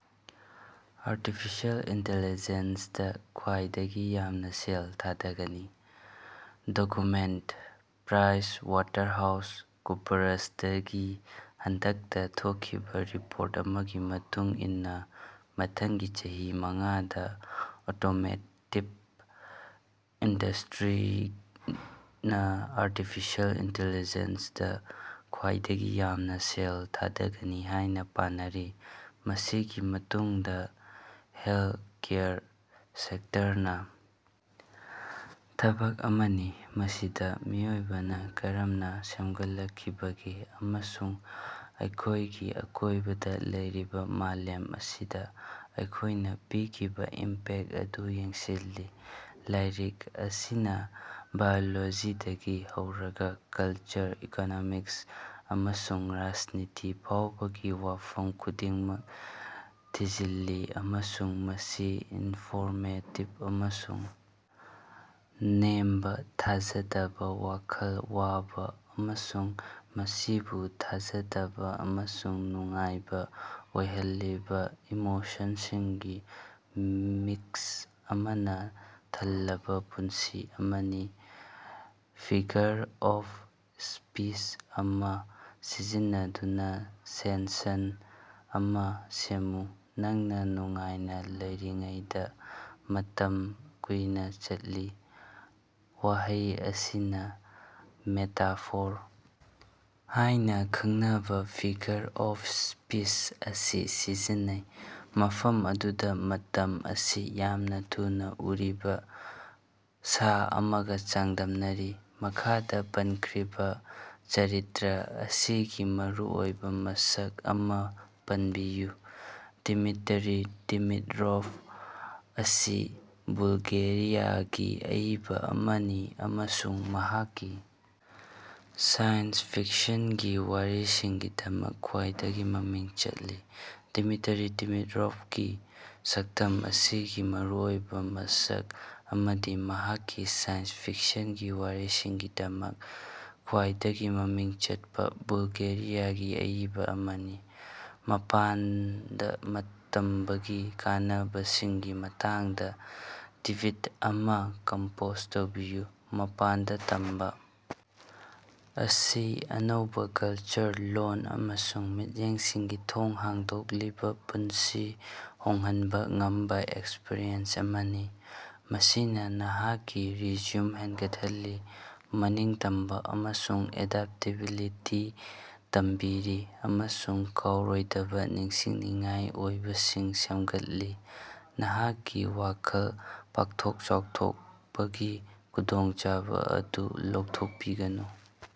Artificial ꯏꯟꯇ‌ꯦꯂꯤꯖ‌ꯦꯟꯁꯗ ꯈ꯭ꯋꯥꯏꯗꯒꯤ ꯌꯥꯝꯅ ꯁꯦꯜ ꯊꯥꯗꯒꯅꯤ ꯗꯣꯀꯨꯃꯦꯟꯠ: ꯄ꯭ꯔꯥꯏꯖ ꯋꯥꯇꯔꯍꯥꯎꯁ ꯀꯨꯄꯔꯁꯗꯒꯤ ꯍꯟꯗꯛꯇ ꯊꯣꯛꯈꯤꯕ ꯔꯤꯄꯣꯔꯠ ꯑꯃꯒꯤ ꯃꯇꯨꯡ ꯏꯟꯅ ꯃꯊꯪꯒꯤ ꯆꯍꯤ ꯃꯉꯥꯗ ꯑꯣꯇꯣꯃꯦꯇꯤꯕ ꯏꯟꯗꯁꯇ꯭ꯔꯤꯅ ꯑꯥꯔꯇꯤꯐꯤꯁꯤꯑꯦꯜ ꯏꯟꯇ‌ꯦꯂꯤꯖ‌ꯦꯟꯁꯗ ꯈ꯭ꯋꯥꯏꯗꯒꯤ ꯌꯥꯝꯅ ꯁꯦꯜ ꯊꯥꯗꯒꯅꯤ ꯍꯥꯏꯅ ꯄꯥꯅꯔꯤ, ꯃꯁꯤꯒꯤ ꯃꯇꯨꯡꯗ ꯍꯦꯜꯊꯀꯦꯌꯔ ꯁꯦꯛꯇꯔꯅ ꯊꯕꯛ ꯑꯃꯅꯤ, ꯃꯁꯤꯗ ꯃꯤꯑꯣꯏꯕꯅ ꯀꯔꯝꯅ ꯁꯦꯝꯒꯠꯂꯛꯈꯤꯕꯒꯦ ꯑꯃꯁꯨꯡ ꯑꯩꯈꯣꯏꯒꯤ ꯑꯀꯣꯏꯕꯗ ꯂꯩꯔꯤꯕ ꯃꯥꯂꯦꯝ ꯑꯁꯤꯗ ꯑꯩꯈꯣꯏꯅ ꯄꯤꯈꯤꯕ ꯏꯝꯄꯦꯛ ꯑꯗꯨ ꯌꯦꯡꯁꯤꯜꯂꯤ꯫ ꯂꯥꯏꯔꯤꯛ ꯑꯁꯤꯅ ꯕꯥꯏꯑꯣꯂꯣꯖꯤꯗꯒꯤ ꯍꯧꯔꯒ ꯀꯜꯆꯔ, ꯏꯀꯣꯅꯣꯃꯤꯛꯁ, ꯑꯃꯁꯨꯡ ꯔꯥꯖꯅꯤꯇꯤ ꯐꯥꯎꯕꯒꯤ ꯋꯥꯐꯝ ꯈꯨꯗꯤꯡꯃꯛ ꯊꯤꯖꯤꯜꯂꯤ ꯑꯃꯁꯨꯡ ꯃꯁꯤ ꯏꯟꯐꯣꯔꯃꯦꯇꯤꯕ ꯑꯃꯁꯨꯡ ꯅꯦꯝꯕ, ꯊꯥꯖꯗꯕ ꯋꯥꯈꯜ ꯋꯥꯕꯥ, ꯑꯃꯁꯨꯡ ꯃꯁꯤꯕꯨ ꯊꯥꯖꯗꯕ ꯑꯃꯁꯨꯡ ꯅꯨꯡꯉꯥꯏꯕ ꯑꯣꯏꯍꯜꯂꯤꯕ ꯏꯃꯣꯁꯟꯁꯤꯡꯒꯤ ꯃꯤꯛꯁ ꯑꯃꯅ ꯊꯜꯂꯕ ꯄꯨꯟꯁꯤ ꯑꯃꯅꯤ꯫ ꯐꯤꯒꯔ ꯑꯣꯐ ꯁ꯭ꯄꯤꯆ ꯑꯃ ꯁꯤꯖꯤꯟꯅꯗꯨꯅ ꯁꯦꯟꯁꯟ ꯑꯃ ꯁꯦꯝꯃꯨ꯫ ꯅꯪꯅ ꯅꯨꯡꯉꯥꯏꯅ ꯂꯩꯔꯤꯉꯩꯗ ꯃꯇꯝ ꯀꯨꯏꯅ ꯆꯠꯂꯤ꯫ ꯋꯥꯍꯩ ꯑꯁꯤꯅ ꯃꯦꯇꯥꯐꯣꯔ ꯍꯥꯏꯅ ꯈꯪꯅꯕ ꯐꯤꯒꯔ ꯑꯣꯐ ꯁ꯭ꯄꯤꯆ ꯑꯁꯤ ꯁꯤꯖꯤꯟꯅꯩ, ꯃꯐꯝ ꯑꯗꯨꯗ ꯃꯇꯝ ꯑꯁꯤ ꯌꯥꯝꯅ ꯊꯨꯅ ꯎꯔꯤꯕ ꯁꯥ ꯑꯃꯒ ꯆꯥꯡꯗꯝꯅꯔꯤ꯫ ꯃꯈꯥꯗ ꯄꯟꯈ꯭ꯔꯤꯕ ꯆꯔꯤꯇ꯭ꯔꯥ ꯑꯁꯤꯒꯤ ꯃꯔꯨꯑꯣꯏꯕ ꯃꯁꯛ ꯑꯃꯥ ꯄꯟꯕꯤꯌꯨ꯫ ꯗꯤꯃꯤꯇꯔꯤ ꯗꯤꯃꯤꯠꯔꯣꯚ ꯑꯁꯤ ꯕꯨꯜꯒꯦꯔꯤꯌꯥꯒꯤ ꯑꯏꯕ ꯑꯃꯅꯤ ꯑꯃꯁꯨꯡ ꯃꯍꯥꯛꯀꯤ ꯁꯥꯏꯟꯁ ꯐꯤꯛꯁꯟꯒꯤ ꯋꯥꯔꯤꯁꯤꯡꯒꯤꯗꯃꯛ ꯈ꯭ꯋꯥꯏꯗꯒꯤ ꯃꯃꯤꯡ ꯆꯠꯂꯤ꯫ ꯗꯤꯃꯤꯇꯔꯤ ꯗꯤꯃꯤꯇꯔꯣꯚꯀꯤ ꯁꯛꯇꯝ ꯑꯁꯤꯒꯤ ꯃꯔꯨꯑꯣꯏꯕ ꯃꯁꯛ ꯑꯃꯗꯤ ꯃꯍꯥꯛꯀꯤ ꯁꯥꯏꯟꯁ ꯐꯤꯛꯁꯟꯒꯤ ꯋꯥꯔꯤꯁꯤꯡꯒꯤꯗꯃꯛ ꯈ꯭ꯋꯥꯏꯗꯒꯤ ꯃꯃꯤꯡ ꯆꯠꯄ ꯕꯨꯜꯒꯦꯔꯤꯌꯥꯒꯤ ꯑꯏꯕ ꯑꯃꯅꯤ꯫ ꯃꯄꯥꯟꯗ ꯃꯠ ꯇꯝꯕꯒꯤ ꯀꯥꯟꯅꯕꯁꯤꯡꯒꯤ ꯃꯇꯥꯡꯗꯥ ꯇ꯭ꯕꯤꯠ ꯑꯃꯥ ꯀꯝꯄꯣꯖ ꯇꯧꯕꯤꯌꯨ꯫ ꯃꯄꯥꯟꯗ ꯇꯝꯕ ꯑꯁꯤ ꯑꯅꯧꯕ ꯀꯜꯆꯔ, ꯂꯣꯟ, ꯑꯃꯁꯨꯡ ꯃꯤꯠꯌꯦꯡꯁꯤꯡꯒꯤ ꯊꯣꯡ ꯍꯥꯡꯗꯣꯛꯂꯤꯕ ꯄꯨꯟꯁꯤ ꯍꯣꯡꯍꯟꯕ ꯉꯝꯕ ꯑꯦꯛꯁꯄꯔꯤꯌꯦꯟꯁ ꯑꯃꯅꯤ꯫ ꯃꯁꯤꯅ ꯅꯍꯥꯛꯀꯤ ꯔꯤꯖ꯭ꯌꯨꯝ ꯍꯦꯟꯒꯠꯍꯜꯂꯤ, ꯃꯅꯤꯡꯇꯝꯕ ꯑꯃꯁꯨꯡ ꯑꯦꯗꯞꯇꯦꯕꯤꯂꯤꯇꯤ ꯇꯝꯕꯤꯔꯤ, ꯑꯃꯁꯨꯡ ꯀꯥꯎꯔꯣꯏꯗꯕ ꯅꯤꯡꯁꯤꯡꯅꯤꯡꯉꯥꯏ ꯑꯣꯏꯕꯁꯤꯡ ꯁꯦꯝꯒꯠꯂꯤ꯫ ꯅꯍꯥꯛꯀꯤ ꯋꯥꯈꯜ ꯄꯥꯛꯊꯣꯛ-ꯆꯥꯎꯊꯣꯛꯄꯒꯤ ꯈꯨꯗꯣꯡꯆꯥꯕ ꯑꯗꯨ ꯂꯧꯊꯣꯛꯄꯤꯒꯅꯨ꯫